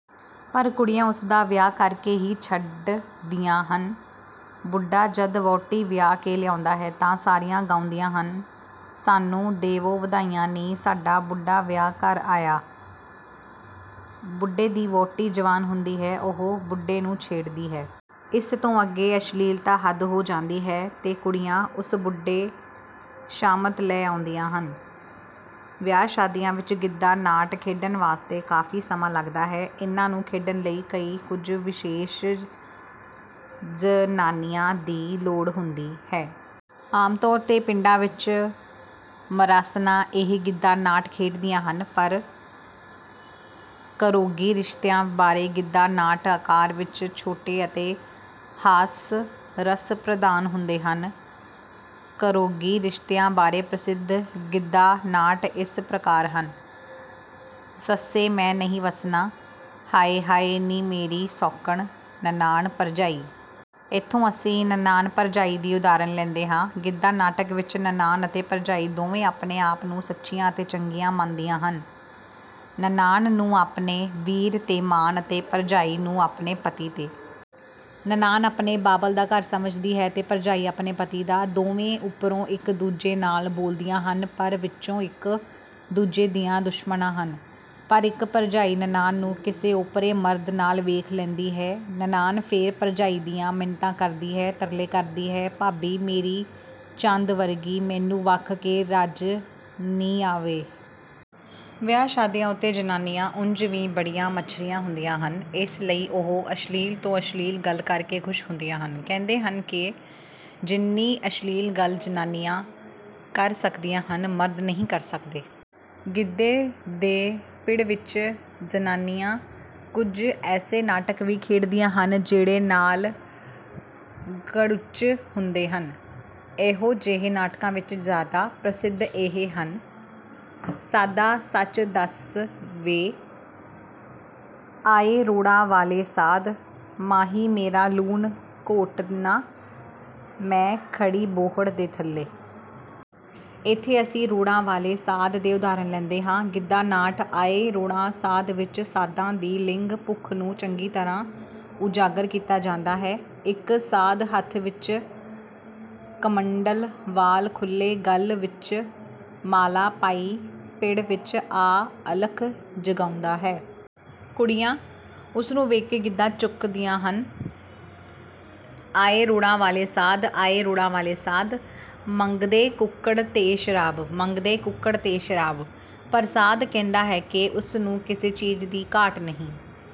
ਪਰ ਕੁੜੀਆਂ ਉਸ ਦਾ ਵਿਆਹ ਕਰ ਕੇ ਹੀ ਛੱਡਦੀਆਂ ਹਨ। ਬੁੱਢਾ ਜਦ ਵਹੁਟੀ ਵਿਆਹ ਕੇ ਲਿਆਉਂਦਾ ਹੈ ਤਾਂ ਸਾਰੀਆਂ ਗਾਉਂਦੀਆਂ ਹਨ: ਸਾਨੂੰ ਦੇਵੋ ਵਧਾਈਆਂ ਨੀ, ਸਾਡਾ ਬੁੱਢਾ ਵਿਆਹ ਘਰ ਆਇਆ। ਬੁੱਢੇ ਦੀ ਵਹੁਟੀ ਜਵਾਨ ਹੁੰਦੀ ਹੈ, ਉਹ ਬੁੱਢੇ ਨੂੰ ਛੇੜਦੀ ਹੈ। ਇਸ ਤੋਂ ਅੱਗੇ ਅਸ਼ਲੀਲਤਾ ਹੱਦ ਹੋ ਜਾਂਦੀ ਹੈ ਤੇ ਕੁੜੀਆਂ ਉਸ ਬੁੱਢੇ ਸ਼ਾਮਤ ਲੈ ਆਉਂਦੀਆਂ ਹਨ। ਵਿਆਹ ਸ਼ਾਦੀਆਂ ਵਿੱਚ ਗਿੱਧਾ ਨਾਟ ਖੇਡਣ ਵਾਸਤੇ ਕਾਫ਼ੀ ਸਮਾਂ ਲੱਗਦਾ ਹੈ। ਇਨ੍ਹਾਂ ਨੂੰ ਖੇਡਣ ਲਈ ਕਈ ਕੁੱਝ ਵਿਸ਼ੇਸ਼ ਜ਼ਨਾਨੀਆਂ ਦੀ ਲੋੜ ਹੁੰਦੀ ਹੈ। ਆਮ ਤੌਰ ਤੇ ਪਿੰਡਾਂ ਵਿੱਚ ਮਰਾਸਣਾਂ ਇਹ ਗਿੱਧਾ ਨਾਟ ਖੇਡਦੀਆਂ ਹਨ। ਪਰ ਘਰੋਗੀ ਰਿਸ਼ਤਿਆਂ ਬਾਰੇ ਗਿੱਧਾ ਨਾਟ ਆਕਾਰ ਵਿੱਚ ਛੋਟੇ ਅਤੇ ਹਾਸ-ਰਸ ਪ੍ਰਧਾਨ ਹੁੰਦੇ ਹਨ। ਘਰੋਗੀ ਰਿਸ਼ਤਿਆਂ ਬਾਰੇ ਪ੍ਰਸਿੱਧ ਗਿੱਧਾ ਨਾਟ ਇਸ ਪ੍ਰਕਾਰ ਹਨ: ਸੱਸੇ ਮੈਂ ਨਹੀਂ ਵੱਸਣਾ, ਹਾਏ ਹਾਏ ਨੀ ਮੇਰੀ ਸੌਂਕਣ, ਨਨਾਣ ਭਰਜਾਈ। ਇੱਥੋਂ ਅਸੀਂ ਨਨਾਣ ਭਰਜਾਈ ਦੀ ਉਦਾਹਰਨ ਲੈਂਦੇ ਹਾਂ। ਗਿੱਧਾ ਨਾਟਕ ਵਿੱਚ ਨਨਾਣ ਅਤੇ ਭਰਜਾਈ ਦੋਵੇਂ ਆਪਣੇ ਆਪ ਨੂੰ ਸੱਚੀਆਂ ਅਤੇ ਚੰਗੀਆਂ ਮੰਨਦੀਆਂ ਹਨ। ਨਨਾਣ ਨੂੰ ਆਪਣੇ ਵੀਰ ਤੇ ਮਾਣ ਅਤੇ ਭਰਜਾਈ ਨੂੰ ਆਪਣੇ ਪਤੀ ਤੇ। ਨਨਾਣ ਆਪਣੇ ਬਾਬਲ ਦਾ ਘਰ ਸਮਝਦੀ ਹੈ ਤੇ ਭਰਜਾਈ ਆਪਣੇ ਪਤੀ ਦਾ। ਦੋਵੇਂ ਉੱਪਰੋਂ ਇੱਕ ਦੂਜੇ ਨਾਲ ਬੋਲਦੀਆਂ ਹਨ ਪਰ ਵਿੱਚੋਂ ਇੱਕ ਦੂਜੇ ਦੀਆਂ ਦੁਸ਼ਮਣਾਂ ਹਨ। ਪਰ ਇੱਕ ਭਰਜਾਈ ਨਨਾਣ ਨੂੰ ਕਿਸੇ ਓਪਰੇ ਮਰਦ ਨਾਲ ਵੇਖ ਲੈਂਦੀ ਹੈ, ਨਨਾਣ ਫਿਰ ਭਰਜਾਈ ਦੀਆਂ ਮਿੰਨਤਾਂ ਕਰਦੀ ਹੈ, ਤਰਲੇ ਕਰਦੀ ਹੈ: ਭਾਬੀ ਮੇਰੀ ਚੰਦ ਵਰਗੀ, ਮੈਨੂੰ ਵੇਖ ਕੇ ਰੱਜ ਨੀ ਆਵੇ। ਵਿਆਹ ਸ਼ਾਦੀਆਂ ਉੱਤੇ ਜ਼ਨਾਨੀਆਂ ਉਂਞ ਵੀ ਬੜੀਆਂ ਮੱਛਰੀਆਂ ਹੁੰਦੀਆਂ ਹਨ। ਇਸ ਲਈ ਉਹ ਅਸ਼ਲੀਲ ਤੋਂ ਅਸ਼ਲੀਲ ਗੱਲ ਕਰ ਕੇ ਖ਼ੁਸ਼ ਹੁੰਦੀਆਂ ਹਨ। ਕਹਿੰਦੇ ਹਨ ਕਿ ਜਿੰਨੀ ਅਸ਼ਲੀਲ ਗੱਲ ਜ਼ਨਾਨੀਆਂ ਕਰ ਸਕਦੀਆਂ ਹਨ, ਮਰਦ ਨਹੀਂ ਕਰ ਸਕਦੇ। ਗਿੱਧੇ ਦੇ ਪਿੜ ਵਿੱਚ ਜ਼ਨਾਨੀਆਂ ਕੁੱਝ ਐਸੇ ਨਾਟਕ ਵੀ ਖੇਡਦੀਆਂ ਹਨ ਜਿਹੜੇ ਨਾਲ ਗੜੁੱਚ ਹੁੰਦੇ ਹਨ। ਇਹੋ ਜਿਹੇ ਨਾਟਕਾਂ ਵਿੱਚ ਜ਼ਿਆਦਾ ਪ੍ਰਸਿੱਧ ਇਹ ਹਨ: ਸਾਧਾ ਸੱਚ ਦੱਸ ਵੇ, ਆਏ ਰੋੜਾਂ ਵਾਲੇ ਸਾਧ, ਮਾਹੀ ਮੇਰਾ ਲੂਣ ਘੋਟਣਾ, ਮੈਂ ਖੜੀ ਬੋਹੜ ਦੇ ਥੱਲੇ। ਇੱਥੇ ਅਸੀਂ ਰੋੜਾਂ ਵਾਲੇ ਸਾਧ ਦੇ ਉਦਾਹਰਨ ਲੈਂਦੇ ਹਾਂ। ਗਿੱਧਾ ਨਾਟ 'ਆਏ ਰੋੜਾਂ ਸਾਧ ਵਿੱਚ' ਸਾਧਾਂ ਦੀ ਲਿੰਗ ਭੁੱਖ ਨੂੰ ਚੰਗੀ ਤਰ੍ਹਾਂ ਉਜਾਗਰ ਕੀਤਾ ਜਾਂਦਾ ਹੈ। ਇੱਕ ਸਾਧ ਹੱਥ ਵਿੱਚ ਕਮੰਡਲ, ਵਾਲ ਖੁੱਲ੍ਹੇ, ਗਲ ਵਿੱਚ ਮਾਲਾ ਪਾਈ ਪਿੜ ਵਿੱਚ ਆ ਅਲਖ ਜਗਾਉਂਦਾ ਹੈ। ਕੁੜੀਆਂ ਉਸ ਨੂੰ ਵੇਖ ਕੇ ਗਿੱਧਾ ਚੁੱਕਦੀਆਂ ਹਨ: ਆਏ ਰੋੜਾਂ ਵਾਲੇ ਸਾਧ, ਆਏ ਰੋੜਾਂ ਵਾਲੇ ਸਾਧ, ਮੰਗਦੇ ਕੁੱਕੜ ਤੇ ਸ਼ਰਾਬ, ਮੰਗਦੇ ਕੁੱਕੜ ਤੇ ਸ਼ਰਾਬ। ਪਰ ਸਾਧ ਕਹਿੰਦਾ ਹੈ ਕਿ ਉਸ ਨੂੰ ਕਿਸੇ ਚੀਜ਼ ਦੀ ਘਾਟ ਨਹੀਂ।